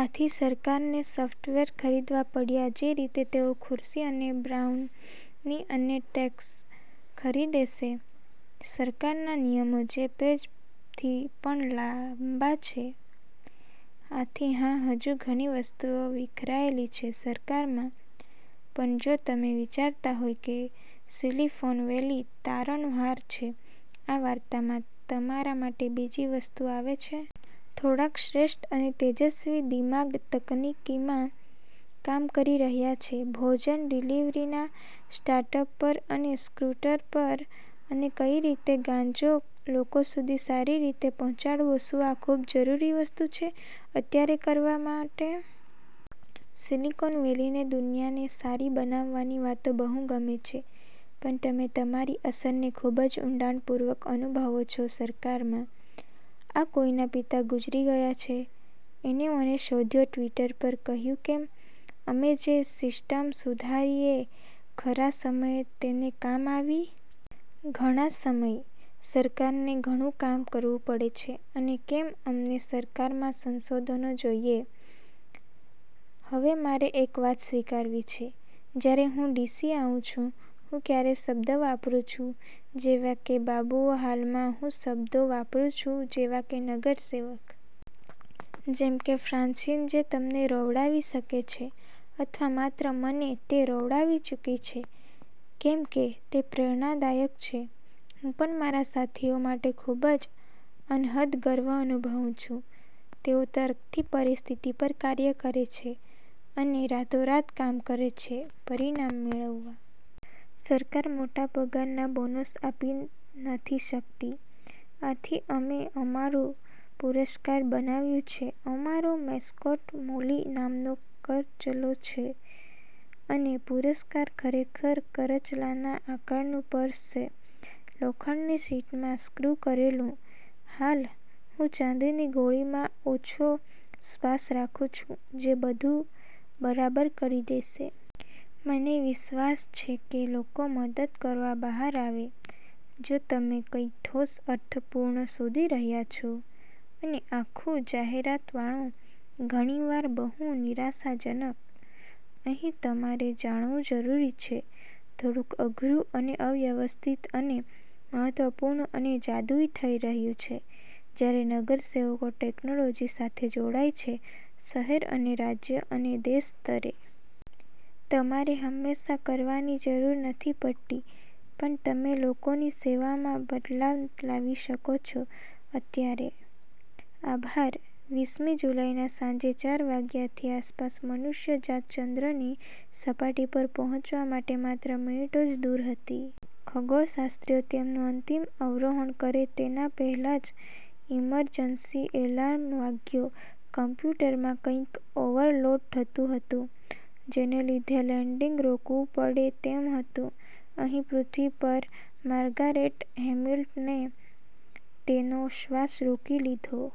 આથી સરકારને સોફ્ટવેર ખરીદવા પડ્યા જે રીતે તેઓ ખુરશી અને બ્રાઉની અને ટેંકસ ખરીદે છે: સરકારના નિયમો જે પેજ થી પણ લાંબા છે. આથી હા, હજુ ઘણી વસ્તુઓ વિખરાયેલી છે સરકારમાં. પણ જો તમે વિચારતા હોય કે સીલીફોન વેલી તારણહાર છે આ વાર્તામાં, તમારા માટે બીજી વસ્તુ આવે છે. થોડાક શ્રેષ્ઠ અને તેજસ્વી દિમાગ તકનીકીમાં કામ કરી રહ્યા છે ભોજન-ડિલિવરીના સ્ટાર્ટઅપ પર અને સ્કુટર પર. અને કઈ રીતે ગાંજો લોકો સુધી સારી રીતે પહોચાડવો શું આ ખુબ જરૂરી વસ્તુઓ છે અત્યારે કરવા માટે? સીલીકોન વેલીને દુનિયાને સારી બનવાની વાતો બહુ ગમે છે પણ તમે તમારી અસરને ખુબ ઊંડાણ પૂર્વક અનુભવો છો સરકારમાં. આ કોઈ ના પિતા ગુજરી ગયા છે. એને મને શોધ્યો ટ્વીટર પર કહ્યું કે અમે જે સીસ્ટમ સુધારી એ ખરા સમયે તેને કામ આવી. ઘણા સમય, સરકારને ઘણું કામ કરવું પડે છે અને કેમ અમને સરકારમાં સંશોધનો જોઈએ. હવે મારે એક વાત સ્વીકારવી છે. જયારે હું ડીસી આવું છું, હું ક્યારે શબ્દ વાપરું છું જેવા કે બાબુઓ હાલ માં, હું શબ્દો વાપરું છું જેવાકે નગર સેવક. જેમકે ફ્રાન્સીન, જે તમને રોવડાવી શકે છે. અથવા માત્ર મને, તે રોવડાવી ચુકી છે, કેમકે તે પ્રેરણાદાયક છે. હું પણ મારા સાથીઓ માટે ખુબ જ, અનહદ ગર્વ અનુભવું છું. તેઓ તર્કથી પરીસ્થિતિ પર કાર્ય કરે છે અને રાતોરાત કામ કરે છે પરિણામ મેળવવા. સરકાર મોટા પગાર ના બોનસ આપી નથી સકતી, આથી અમે અમારૂ પુરસ્કાર બનાવ્યું છે. અમારો મેસ્કોટ મોલી નામનો કરચલો છે. અને પુરસ્કાર ખરેખર કરચલાના આકારનું પર્સ છે, લોખંડની શીટ માં સ્ક્રુ કરેલું. હાલ, હું ચાંદીની ગોળીમાં ઓછો વિશ્વાસ રાખું છું જે બધું બરાબર કરી દેશે. મને વિશ્વાસ છે કે લોકો મદદ કરવા બહાર આવે. જો તમે કઈ ઠોસ અર્થપૂર્ણ શોધી રહ્યા છો -- અને આખું જાહેરાતવાળું, ઘણીવાર બહુ નિરાશાજનક-- અહી તમારે જાણવું જરૂરી છે. થોડુક અઘરું અને અવ્યવસ્થિત અને મહત્વપૂર્ણ અને જાદુઈ થઇ રહ્યું છે જયારે નગર સેવકો ટેકનોલોજી સાથે જોડાઈ છે શહેર અને રાજ્ય અને દેશ સ્તરે. તમારે હમેશા કરવાની જરૂર નથી પડતી. પણ તમે લોકોની સેવામાં બદલાવ લાવી શકો છો અત્યારે. આભાર. વીસ મી જુલાઈ ના સાંજે ચાર વાગ્યાની આસપાસ મનુષ્યજાત ચંદ્રની સપાટી પર પહોંચવા માટે માત્ર મિનિટો જ દૂર હતી. ખગોળશાસ્ત્રીઓ તેમનું અંતિમ અવરોહણ કરે તેના પહેલા જ ઇમરજન્સી એલાર્મ વાગ્યો. કોમ્પ્યુટરમાં કઈંક ઓવરલોડ થતું હતું, જેને લીધે લેન્ડિંગ રોકવું પડે તેમ હતું. અહીં પૃથ્વી પર, માર્ગારેટ હેમિલ્ટને તેનો શ્વાસ રોકી લીધો.